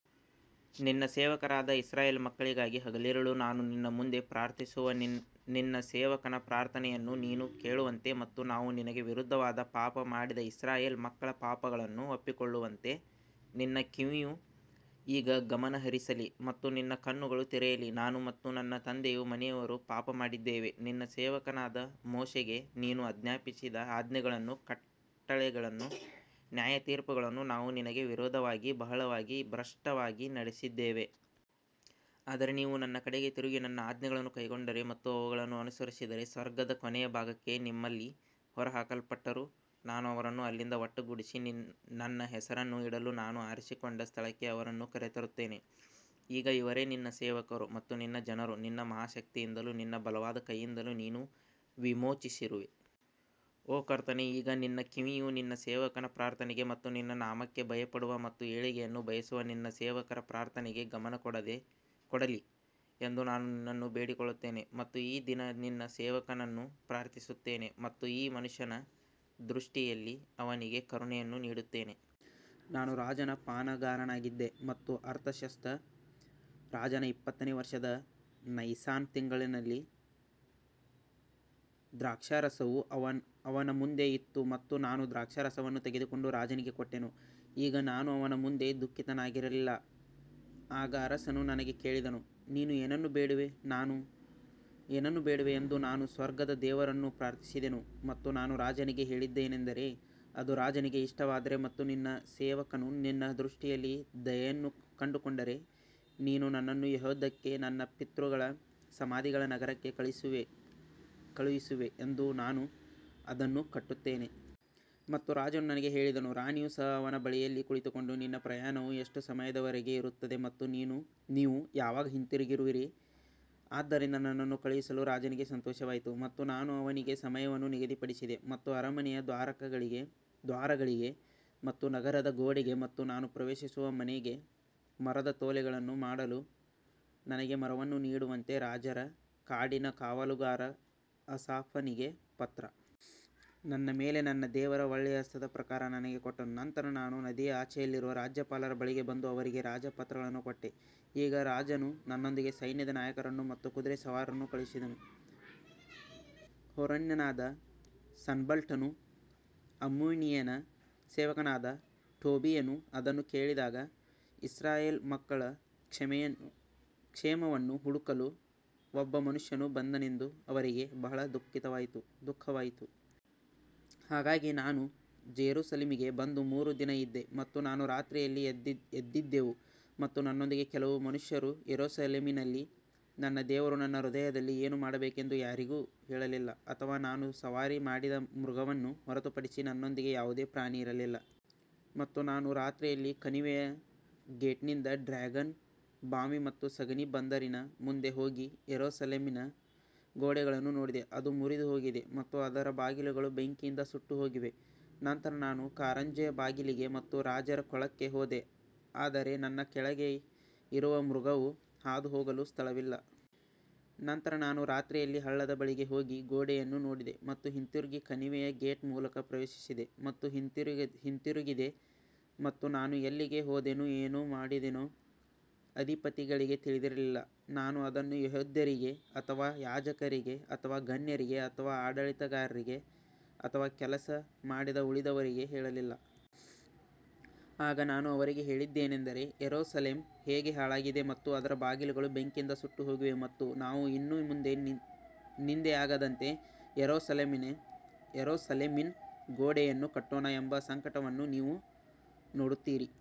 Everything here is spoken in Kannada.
ನಿನ್ನ ಸೇವಕರಾದ ಇಸ್ರಾಯೇಲ್ ಮಕ್ಕಳಿಗಾಗಿ ಹಗಲಿರುಳು ನಾನು ನಿನ್ನ ಮುಂದೆ ಪ್ರಾರ್ಥಿಸುವ ನಿನ್ನ ಸೇವಕನ ಪ್ರಾರ್ಥನೆಯನ್ನು ನೀನು ಕೇಳುವಂತೆ ಮತ್ತು ನಾವು ನಿನಗೆ ವಿರುದ್ಧವಾಗಿ ಪಾಪ ಮಾಡಿದ ಇಸ್ರಾಯೇಲ್ ಮಕ್ಕಳ ಪಾಪಗಳನ್ನು ಒಪ್ಪಿಕೊಳ್ಳುವಂತೆ ನಿನ್ನ ಕಿವಿಯು ಈಗ ಗಮನಹರಿಸಲಿ ಮತ್ತು ನಿನ್ನ ಕಣ್ಣುಗಳು ತೆರೆಯಲಿ. ನಾನು ಮತ್ತು ನನ್ನ ತಂದೆಯ ಮನೆಯವರು ಪಾಪಮಾಡಿದ್ದೇವೆ ನಿನ್ನ ಸೇವಕನಾದ ಮೋಶೆಗೆ ನೀನು ಆಜ್ಞಾಪಿಸಿದ ಆಜ್ಞೆಗಳನ್ನೂ ಕಟ್ಟಳೆಗಳನ್ನೂ ನ್ಯಾಯತೀರ್ಪುಗಳನ್ನೂ ನಾವು ನಿನಗೆ ವಿರೋಧವಾಗಿ ಬಹಳವಾಗಿ ಭ್ರಷ್ಟವಾಗಿ ನಡೆಸಿದ್ದೇವೆ. ಆದರೆ ನೀವು ನನ್ನ ಕಡೆಗೆ ತಿರುಗಿ ನನ್ನ ಆಜ್ಞೆಗಳನ್ನು ಕೈಕೊಂಡರೆ ಮತ್ತು ಅವುಗಳನ್ನು ಅನುಸರಿಸಿದರೆ ಸ್ವರ್ಗದ ಕೊನೆಯ ಭಾಗಕ್ಕೆ ನಿಮ್ಮಲ್ಲಿ ಹೊರಹಾಕಲ್ಪಟ್ಟರೂ ನಾನು ಅವರನ್ನು ಅಲ್ಲಿಂದ ಒಟ್ಟುಗೂಡಿಸಿ ನನ್ನ ಹೆಸರನ್ನು ಇಡಲು ನಾನು ಆರಿಸಿಕೊಂಡ ಸ್ಥಳಕ್ಕೆ ಅವರನ್ನು ಕರೆತರುತ್ತೇನೆ. ಈಗ ಇವರೇ ನಿನ್ನ ಸೇವಕರು ಮತ್ತು ನಿನ್ನ ಜನರೂ ನಿನ್ನ ಮಹಾ ಶಕ್ತಿಯಿಂದಲೂ ನಿನ್ನ ಬಲವಾದ ಕೈಯಿಂದಲೂ ನೀನು ವಿಮೋಚಿಸಿರುವೆ. ಓ ಕರ್ತನೇ, ಈಗ ನಿನ್ನ ಕಿವಿಯು ನಿನ್ನ ಸೇವಕನ ಪ್ರಾರ್ಥನೆಗೆ ಮತ್ತು ನಿನ್ನ ನಾಮಕ್ಕೆ ಭಯಪಡುವ ಮತ್ತು ಏಳಿಗೆಯನ್ನು ಬಯಸುವ ನಿನ್ನ ಸೇವಕರ ಪ್ರಾರ್ಥನೆಗೆ ಗಮನ ಕೊಡಲಿ ಎಂದು ನಾನು ನಿನ್ನನ್ನು ಬೇಡಿಕೊಳ್ಳುತ್ತೇನೆ ಮತ್ತು ಈ ದಿನ ನಿನ್ನ ಸೇವಕನನ್ನು ಪ್ರಾರ್ಥಿಸುತ್ತೇನೆ ಮತ್ತು ಈ ಮನುಷ್ಯನ ದೃಷ್ಟಿಯಲ್ಲಿ ಅವನಿಗೆ ಕರುಣೆಯನ್ನು ನೀಡುತ್ತೇನೆ. ನಾನು ರಾಜರ ಪಾನಗಾರನಾಗಿದ್ದೆ ಮತ್ತು ಅರ್ತಷಸ್ತ ರಾಜನ ಇಪ್ಪತ್ತನೇ ವರ್ಷದ ನೈಸಾನ್ ತಿಂಗಳಿನಲ್ಲಿ ದ್ರಾಕ್ಷಾರಸವು ಅವನ ಮುಂದೆ ಇತ್ತು ಮತ್ತು ನಾನು ದ್ರಾಕ್ಷಾರಸವನ್ನು ತೆಗೆದುಕೊಂಡು ರಾಜನಿಗೆ ಕೊಟ್ಟೆನು ಈಗ ನಾನು ಅವನ ಮುಂದೆ ದುಃಖಿತನಾಗಿರಲಿಲ್ಲ. ಆಗ ಅರಸನು ನನಗೆ ಕೇಳಿದನು, ನೀನು ಏನನ್ನು ಬೇಡುವೆ ಎಂದು ನಾನು ಸ್ವರ್ಗದ ದೇವರನ್ನು ಪ್ರಾರ್ಥಿಸಿದೆನು ಮತ್ತು ನಾನು ರಾಜನಿಗೆ ಹೇಳಿದ್ದೇನೆಂದರೆ, ಅದು ರಾಜನಿಗೆ ಇಷ್ಟವಾದರೆ ಮತ್ತು ನಿನ್ನ ಸೇವಕನು ನಿನ್ನ ದೃಷ್ಟಿಯಲ್ಲಿ ದಯೆಯನ್ನು ಕಂಡುಕೊಂಡರೆ ನೀನು ನನ್ನನ್ನು ಯೆಹೂದಕ್ಕೆ ನನ್ನ ಪಿತೃಗಳ ಸಮಾಧಿಗಳ ನಗರಕ್ಕೆ ಕಳುಹಿಸುವೆ ಎಂದು ನಾನು ಅದನ್ನು ಕಟ್ಟುತ್ತೇನೆ. ಮತ್ತು ರಾಜನು ನನಗೆ ಹೇಳಿದನು, ರಾಣಿಯು ಸಹ ಅವನ ಬಳಿಯಲ್ಲಿ ಕುಳಿತುಕೊಂಡು ನಿನ್ನ ಪ್ರಯಾಣವು ಎಷ್ಟು ಸಮಯದವರೆಗೆ ಇರುತ್ತದೆ ಮತ್ತು ನೀವು ಯಾವಾಗ ಹಿಂದಿರುಗುವಿರಿ ಆದ್ದರಿಂದ ನನ್ನನ್ನು ಕಳುಹಿಸಲು ರಾಜನಿಗೆ ಸಂತೋಷವಾಯಿತು ಮತ್ತು ನಾನು ಅವನಿಗೆ ಸಮಯವನ್ನು ನಿಗದಿಪಡಿಸಿದೆ. ಮತ್ತು ಅರಮನೆಯ ದ್ವಾರಗಳಿಗೆ ಮತ್ತು ನಗರದ ಗೋಡೆಗೆ ಮತ್ತು ನಾನು ಪ್ರವೇಶಿಸುವ ಮನೆಗೆ ಮರದ ತೊಲೆಗಳನ್ನು ಮಾಡಲು ನನಗೆ ಮರವನ್ನು ನೀಡುವಂತೆ ರಾಜರ ಕಾಡಿನ ಕಾವಲುಗಾರ ಆಸಾಫನಿಗೆ ಪತ್ರ. ನನ್ನ ಮೇಲೆ ನನ್ನ ದೇವರ ಒಳ್ಳೆಯ ಹಸ್ತದ ಪ್ರಕಾರ ನನಗೆ ಕೊಟ್ಟನು ನಂತರ ನಾನು ನದಿಯ ಆಚೆಯಲ್ಲಿರುವ ರಾಜ್ಯಪಾಲರ ಬಳಿಗೆ ಬಂದು ಅವರಿಗೆ ರಾಜರ ಪತ್ರಗಳನ್ನು ಕೊಟ್ಟೆ, ಈಗ ರಾಜನು ನನ್ನೊಂದಿಗೆ ಸೈನ್ಯದ ನಾಯಕರನ್ನು ಮತ್ತು ಕುದುರೆ ಸವಾರರನ್ನು ಕಳುಹಿಸಿದನು. ಹೋರೋನ್ಯನಾದ ಸನ್ಬಲ್ಲಟನೂ ಅಮ್ಮೋನಿಯನ ಸೇವಕನಾದ ಟೋಬೀಯನೂ ಅದನ್ನು ಕೇಳಿದಾಗ ಇಸ್ರಾಯೇಲ್ ಮಕ್ಕಳ ಕ್ಷೇಮವನ್ನು ಹುಡುಕಲು ಒಬ್ಬ ಮನುಷ್ಯನು ಬಂದನೆಂದು ಅವರಿಗೆ ಬಹಳ ದುಃಖವಾಯಿತು. ಹಾಗಾಗಿ ನಾನು ಜೆರುಸಲೇಮಿಗೆ ಬಂದು ಮೂರು ದಿನ ಇದ್ದೆ ಮತ್ತು ನಾನು ರಾತ್ರಿಯಲ್ಲಿ ಎದ್ದಿದ್ದೆವು ಮತ್ತು ನನ್ನೊಂದಿಗೆ ಕೆಲವು ಮನುಷ್ಯರು ಯೆರೂಸಲೇಮಿನಲ್ಲಿ ನನ್ನ ದೇವರು ನನ್ನ ಹೃದಯದಲ್ಲಿ ಏನು ಮಾಡಬೇಕೆಂದು ಯಾರಿಗೂ ಹೇಳಲಿಲ್ಲ ಅಥವಾ ನಾನು ಸವಾರಿ ಮಾಡಿದ ಮೃಗವನ್ನು ಹೊರತುಪಡಿಸಿ ನನ್ನೊಂದಿಗೆ ಯಾವುದೇ ಪ್ರಾಣಿ ಇರಲಿಲ್ಲ. ಮತ್ತು ನಾನು ರಾತ್ರಿಯಲ್ಲಿ ಕಣಿವೆಯ ಗೇಟ್ನಿಂದ ಡ್ರ್ಯಾಗನ್ ಬಾವಿ ಮತ್ತು ಸಗಣಿ ಬಂದರಿನ ಮುಂದೆ ಹೋಗಿ ಯೆರೂಸಲೇಮಿನ ಗೋಡೆಗಳನ್ನು ನೋಡಿದೆ, ಅದು ಮುರಿದುಹೋಗಿದೆ ಮತ್ತು ಅದರ ಬಾಗಿಲುಗಳು ಬೆಂಕಿಯಿಂದ ಸುಟ್ಟುಹೋಗಿವೆ. ನಂತರ ನಾನು ಕಾರಂಜಿಯ ಬಾಗಿಲಿಗೆ ಮತ್ತು ರಾಜರ ಕೊಳಕ್ಕೆ ಹೋದೆ ಆದರೆ ನನ್ನ ಕೆಳಗೆ ಇರುವ ಮೃಗವು ಹಾದುಹೋಗಲು ಸ್ಥಳವಿಲ್ಲ. ನಂತರ ನಾನು ರಾತ್ರಿಯಲ್ಲಿ ಹಳ್ಳದ ಬಳಿಗೆ ಹೋಗಿ ಗೋಡೆಯನ್ನು ನೋಡಿದೆ ಮತ್ತು ಹಿಂತಿರುಗಿ ಕಣಿವೆಯ ಗೇಟ್ ಮೂಲಕ ಪ್ರವೇಶಿಸಿದೆ ಮತ್ತು ಹಿಂದಿರುಗಿದೆ ಮತ್ತು ನಾನು ಎಲ್ಲಿಗೆ ಹೋದೆನೋ ಏನು ಮಾಡಿದೆನೋ ಅಧಿಪತಿಗಳಿಗೆ ತಿಳಿದಿರಲಿಲ್ಲ, ನಾನು ಅದನ್ನು ಯೆಹೂದ್ಯರಿಗೆ ಅಥವಾ ಯಾಜಕರಿಗೆ ಅಥವಾ ಗಣ್ಯರಿಗೆ ಅಥವಾ ಆಡಳಿತಗಾರರಿಗೆ ಅಥವಾ ಕೆಲಸ ಮಾಡಿದ ಉಳಿದವರಿಗೆ ಹೇಳಲಿಲ್ಲ. ಆಗ ನಾನು ಅವರಿಗೆ ಹೇಳಿದ್ದೇನೆಂದರೆ, ಯೆರೂಸಲೇಮ್ ಹೇಗೆ ಹಾಳಾಗಿದೆ ಮತ್ತು ಅದರ ಬಾಗಿಲುಗಳು ಬೆಂಕಿಯಿಂದ ಸುಟ್ಟುಹೋಗಿವೆ ಮತ್ತು ನಾವು ಇನ್ನು ಮುಂದೆ ನಿಂದೆಯಾಗದಂತೆ ಯೆರೂಸಲೇಮಿನ ಗೋಡೆಯನ್ನು ಕಟ್ಟೋಣ ಎಂಬ ಸಂಕಟವನ್ನು ನೀವು ನೋಡುತ್ತೀರಿ.